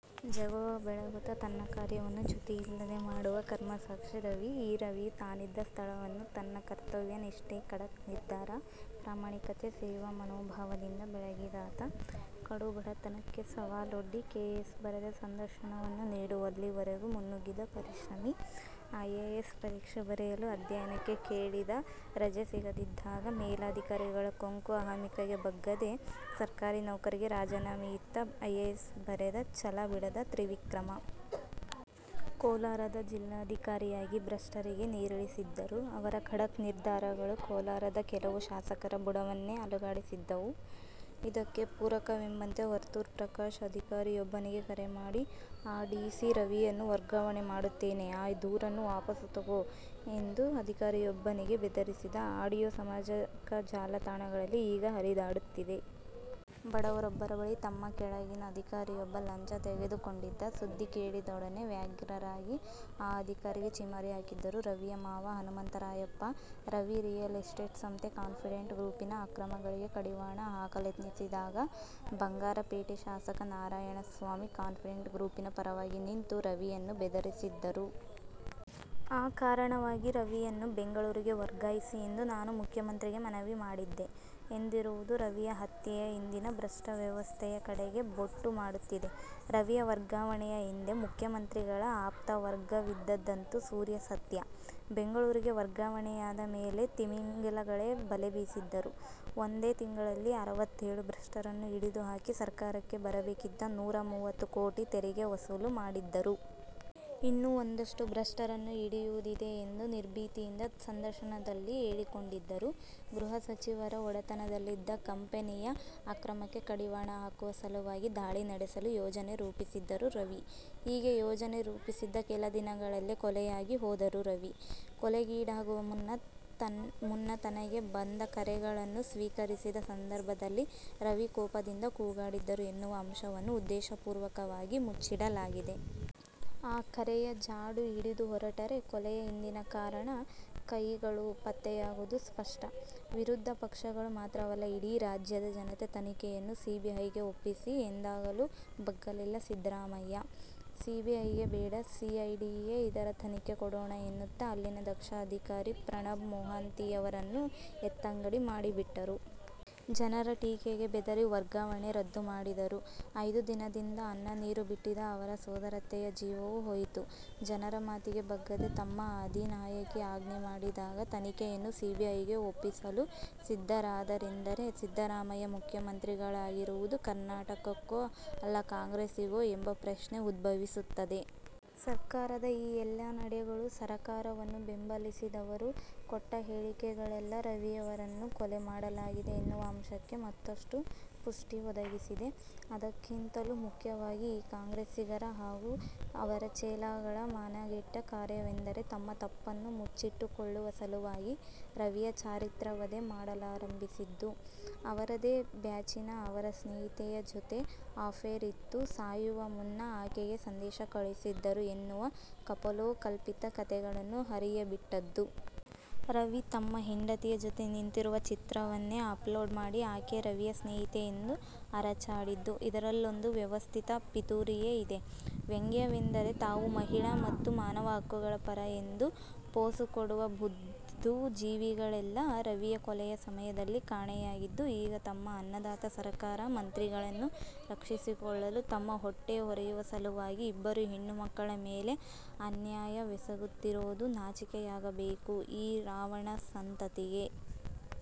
ಜಗವ ಬೆಳಗುತ ತನ್ನ ಕಾರ್ಯವನ್ನು ಚ್ಯುತಿಯಿಲ್ಲದೆ ಮಾಡುವ ಕರ್ಮಸಾಕ್ಷಿ ರವಿ. ಈ ರವಿಯೂ ತಾನಿದ್ದ ಸ್ಥಳವನ್ನು ತನ್ನ ಕರ್ತವ್ಯ ನಿಷ್ಠೆ ಖಡಕ್ ನಿರ್ಧಾರ, ಪ್ರಾಮಾಣಿಕತೆ, ಸೇವಾ ಮನೋಭಾವದಿಂದ ಬೆಳಗಿದಾತ. ಕಡುಬಡತನಕ್ಕೇ ಸವಾಲೊಡ್ಡಿ ಕೆಎಎಸ್ ಬರೆದು ಸಂದರ್ಶನವನ್ನೂ ನೀಡುವಲ್ಲಿವರೆಗೂ ಮುನ್ನುಗ್ಗಿದ ಪರಿಶ್ರಮಿ. ಐ ಎ ಎಸ್ ಪರೀಕ್ಷೆ ಬರೆಯಲು ಅಧ್ಯಯನಕ್ಕೆ ಕೇಳಿದ ರಜೆ ಸಿಗದಿದ್ದಾಗ ಮೇಲಾಧಿಕಾರಿಗಳ ಕೊಂಕು, ಅಹಮಿಕೆಗೆ ಬಗ್ಗದೆ ಸರ್ಕಾರೀ ನೌಕರಿಗೆ ರಾಜೀನಾಮೆಯಿತ್ತು ಐಎಎಸ್ ಬರೆದ ಛಲ ಬಿಡದ ತ್ರಿವಿಕ್ರಮ. ಕೋಲಾರದ ಜಿಲ್ಲಾಧಿಕಾರಿಯಾಗಿ ಭ್ರಷ್ಟರಿಗೆ ನೀರಿಳಿಸಿದ್ದರು. ಅವರ ಖಡಕ್ ನಿರ್ಧಾರಗಳು ಕೋಲಾರದ ಕೆಲವು ಶಾಸಕರ ಬುಡವನ್ನೇ ಅಲುಗಾಡಿಸಿದ್ದವು. ಇದಕ್ಕೆ ಪೂರಕವೆಂಬಂತೆ ವರ್ತೂರ್ ಪ್ರಕಾಶ್ ಅಧಿಕಾರಿಯೊಬ್ಬನಿಗೆ ಕರೆ ಮಾಡಿ "ಆ ಡಿ ಸಿ ರವಿಯನ್ನು ವರ್ಗಾವಣೆ ಮಾಡುತ್ತೇನೆ ಆ ದೂರನ್ನು ವಾಪಸು ತೆಗೋ" ಎಂದು ಅಧಿಕಾರಿಯೊಬ್ಬನಿಗೆ ಬೆದರಿಸಿದ ಅಡಿಯೋ ಸಾಮಾಜಿಕ ಜಾಲ ತಾಣಗಳಲ್ಲಿ ಈಗ ಹರಿದಾಡುತ್ತಿದೆ. ಬಡವರೊಬ್ಬರ ಬಳಿ ತಮ್ಮ ಕೆಳಗಿನ ಅಧಿಕಾರಿಯೊಬ್ಬ ಲಂಚ ತೆಗೆದುಕೊಂಡಿದ್ದ ಸುದ್ದಿ ಕೇಳಿದೊಡನೆ ವ್ಯಗ್ರರಾಗಿ ಆ ಅಧಿಕಾರಿಗೆ ಛೀಮಾರಿ ಹಾಕಿದ್ದರು. ರವಿಯ ಮಾವ ಹನುಮಂತರಾಯಪ್ಪ, "ರವಿ ರಿಯಲ್ ಎಸ್ಟೇಟ್ ಸಂಸ್ಥೆ ಕಾನ್ಫಿಡೆಂಟ್ ಗ್ರೂಪಿನ ಅಕ್ರಮಗಳಿಗೆ ಕಡಿವಾಣ ಹಾಕಲೆತ್ನಿಸಿದಾಗ ಬಂಗಾರಪೇಟೆ ಶಾಸಕ ನಾರಾಯಣಸ್ವಾಮಿ ಕಾನ್ಫಿಡೆಂಟ್ ಗ್ರೂಪಿನ ಪರವಾಗಿ ನಿಂತು ರವಿಯನ್ನು ಬೆದರಿಸಿದ್ದರು. ಈ ಕಾರಣವಾಗಿ ರವಿಯನ್ನು ಬೆಂಗಳೂರಿಗೆ ವರ್ಗಾಯಿಸಿ ಎಂದು ನಾನು ಮುಖ್ಯಮಂತ್ರಿಗೆ ಮನವಿ ಮಾಡಿದ್ದೆ". ಎಂದಿರುವುದು ರವಿಯ ಹತ್ಯೆಯ ಹಿಂದಿನ ಭೃಷ್ಟ ವ್ಯವಸ್ಥೆಯ ಕಡೆಗೆ ಬೊಟ್ಟು ಮಾಡುತ್ತಿದೆ. ರವಿಯ ವರ್ಗಾವಣೆಯ ಹಿಂದೆ ಮುಖ್ಯಮಂತ್ರಿಗಳ ಆಪ್ತವರ್ಗವಿದ್ದದ್ದಂತೂ ಸೂರ್ಯ ಸತ್ಯ. ಬೆಂಗಳೂರಿಗೆ ವರ್ಗಾವಣೆಯಾದ ಮೇಲೆ ತಿಮಿಂಗಿಲಗಳಿಗೇ ಬಲೆ ಬೀಸಿದ್ದರು. ಒಂದೇ ತಿಂಗಳಲ್ಲಿ ಅರವತ್ತೇಳು ಭ್ರಷ್ಟರನ್ನು ಹಿಡಿದುಹಾಕಿ ಸರಕಾರಕ್ಕೆ ಬರಬೇಕಿದ್ದ ನೂರ ಮೂವತ್ತು ಕೋಟಿ ತೆರಿಗೆ ವಸೂಲು ಮಾಡಿದ್ದರು. ಇನ್ನೂ ಒಂದಷ್ಟು ಭೃಷ್ಟರನ್ನು ಹಿಡಿಯುವುದಿದೆ ಎಂದು ನಿರ್ಭೀತಿಯಿಂದ ಸಂದರ್ಶನದಲ್ಲಿ ಹೇಳಿಕೊಂಡಿದ್ದರು. ಗೃಹ ಸಚಿವರ ಒಡೆತನದಲ್ಲಿದ್ದ ಕಂಪೆನಿಯ ಅಕ್ರಮಕ್ಕೆ ಕಡಿವಾಣ ಹಾಕುವ ಸಲುವಾಗಿ ದಾಳಿ ನಡೆಸಲು ಯೋಜನೆ ರೂಪಿಸಿದ್ದರು ರವಿ. ಹೀಗೆ ಯೋಜನೆ ರೂಪಿಸಿದ್ದ ಕೆಲದಿನಗಳಲ್ಲೇ ಕೊಲೆಯಾಗಿ ಹೋದರು ರವಿ. ಕೊಲೆಗೀಡಾಗುವ ಮುನ್ನ ತನಗೆ ಬಂದ ಕರೆಗಳನ್ನು ಸ್ವೀಕರಿಸಿದ ಸಂದರ್ಭದಲ್ಲಿ ರವಿ ಕೋಪದಿಂದ ಕೂಗಾಡಿದ್ದರು ಎನ್ನುವ ಅಂಶವನ್ನು ಉದ್ದೇಶಪೂರ್ವಕವಾಗಿ ಮುಚ್ಚಿಡಲಾಗಿದೆ. ಆ ಕರೆಯ ಜಾಡು ಹಿಡಿದು ಹೊರಟರೆ ಕೊಲೆಯ ಹಿಂದಿನ ಕಾಣದ "ಕೈ"ಗಳು ಪತ್ತೆಯಾಗುವುದು ಸ್ಪಷ್ಟ. ವಿರೋಧ ಪಕ್ಷಗಳು ಮಾತ್ರವಲ್ಲ, ಇಡೀ ರಾಜ್ಯದ ಜನತೆ ತನಿಖೆಯನ್ನು ಸಿಬಿಐಗೆ ಒಪ್ಪಿಸಿ ಎಂದಾಗಲೂ ಬಗ್ಗಲಿಲ್ಲ ಸಿದ್ದರಾಮಯ್ಯ. ಸಿಬಿಐಗೆ ಬೇಡ ಸಿಐಡಿಗೆ ಇದರ ತನಿಖೆ ಕೊಡೋಣ ಎನ್ನುತ್ತ ಅಲ್ಲಿನ ದಕ್ಷ ಅಧಿಕಾರಿ ಪ್ರಣಬ್ ಮೋಹಾಂತಿಯವರನ್ನು ಎತ್ತಂಗಡಿ ಮಾಡಿಬಿಟ್ಟರು. ಜನರ ಟೀಕೆಗೆ ಬೆದರಿ ವರ್ಗಾವಣೆ ರದ್ದು ಮಾಡಿದರು. ಐದು ದಿನದಿಂದ ಅನ್ನನೀರು ಬಿಟ್ಟಿದ್ದ ಅವರ ಸೋದರತ್ತೆಯ ಜೀವವೂ ಹೋಯಿತು. ಜನರ ಮಾತಿಗೆ ಬಗ್ಗದೆ ತಮ್ಮ ಅಧಿನಾಯಕಿ ಆಜ್ಞೆ ಮಾಡಿದಾಗ ತನಿಖೆಯನ್ನು ಸಿಬಿಐಗೆ ಒಪ್ಪಿಸಲು ಸಿದ್ಧರಾದರೆಂದರೆ ಸಿದ್ದರಾಮಯ್ಯ ಮುಖ್ಯಮಂತ್ರಿಗಳಾಗಿರುವುದು ಕರ್ನಾಟಕಕ್ಕೋ ಅಲ್ಲಾ ಕಾಂಗ್ರೆಸಿಗೋ ಎಂಬ ಪ್ರಶ್ನೆ ಉದ್ಭವಿಸುತ್ತದೆ. ಸರ್ಕಾರದ ಈ ಎಲ್ಲಾ ನಡೆಗಳು ಸರಕಾರವನ್ನು ಬೆಂಬಲಿಸಿದವರು ಕೊಟ್ಟ ಹೇಳಿಕೆಗಳೆಲ್ಲಾ ರವಿಯವರನ್ನು ಕೊಲೆ ಮಾಡಲಾಗಿದೆ ಎನ್ನುವ ಅಂಶಕ್ಕೆ ಮತ್ತಷ್ಟು ಪುಷ್ಠಿ ಒದಗಿಸಿದೆ. ಅದಕ್ಕಿಂತಲೂ ಮುಖ್ಯವಾಗಿ ಈ ಕಾಂಗ್ರೆಸ್ಸಿಗರ ಹಾಗೂ ಅವರ ಚೇಲಾಗಳ ಮಾನಗೆಟ್ಟ ಕಾರ್ಯವೆಂದರೆ ತಮ್ಮ ತಪ್ಪನ್ನು ಮುಚ್ಚಿಟ್ಟುಕೊಳ್ಳುವ ಸಲುವಾಗಿ ರವಿಯ ಚಾರಿತ್ರ್ಯವಧೆ ಮಾಡಲಾರಂಭಿಸಿದ್ದು. ಅವರದೇ ಬ್ಯಾಚಿನ ಅವರ ಸ್ನೇಹಿತೆಯ ಜೊತೆ ಅಫೇರ್ ಇತ್ತು, ಸಾಯುವ ಮುನ್ನ ಆಕೆಗೆ ಸಂದೇಶ ಕಳುಹಿಸಿದ್ದರು ಎನ್ನುವ ಕಪೋಲಕಲ್ಪಿತ ಕಥೆಗಳನ್ನು ಹರಿಯಬಿಟ್ಟದ್ದು. ರವಿ ತಮ್ಮ ಹೆಂಡತಿಯ ಜೊತೆ ನಿಂತಿರುವ ಚಿತ್ರವನ್ನೇ ಅಪ್ಲೋಡ್ ಮಾಡಿ ಆಕೆ ರವಿಯ ಸ್ನೇಹಿತೆ ಎಂದು ಅರಚಾಡಿದ್ದು. ಇದರಲ್ಲೊಂದು ವ್ಯವಸ್ಥಿತ ಪಿತೂರಿಯೇ ಇದೆ. ವ್ಯಂಗ್ಯವೆಂದರೆ ತಾವು ಮಹಿಳಾ ಮತ್ತು ಮಾನವ ಹಕ್ಕುಗಳ ಪರ ಎಂದು ಪೋಸುಕೊಡುವ ಬುದ್ದು ಜೀವಿಗಳೆಲ್ಲಾ ರವಿಯ ಕೊಲೆಯ ಸಮಯದಲ್ಲಿ ಕಾಣೆಯಾಗಿದ್ದು ಈಗ ತಮ್ಮ ಅನ್ನದಾತ ಸರಕಾರ-ಮಂತ್ರಿಗಳನ್ನು ರಕ್ಷಿಸಿಕೊಳ್ಳಲು ತಮ್ಮ ಹೊಟ್ಟೆ ಹೊರೆಯುವ ಸಲುವಾಗಿ ಇಬ್ಬರು ಹೆಣ್ಣುಮಕ್ಕಳ ಮೇಲೆ ಅನ್ಯಾಯವೆಸಗುತ್ತಿರೋದು ನಾಚಿಕೆಯಾಗಬೇಕು ಈ "ರಾವಣ" ಸಂತತಿಗೆ.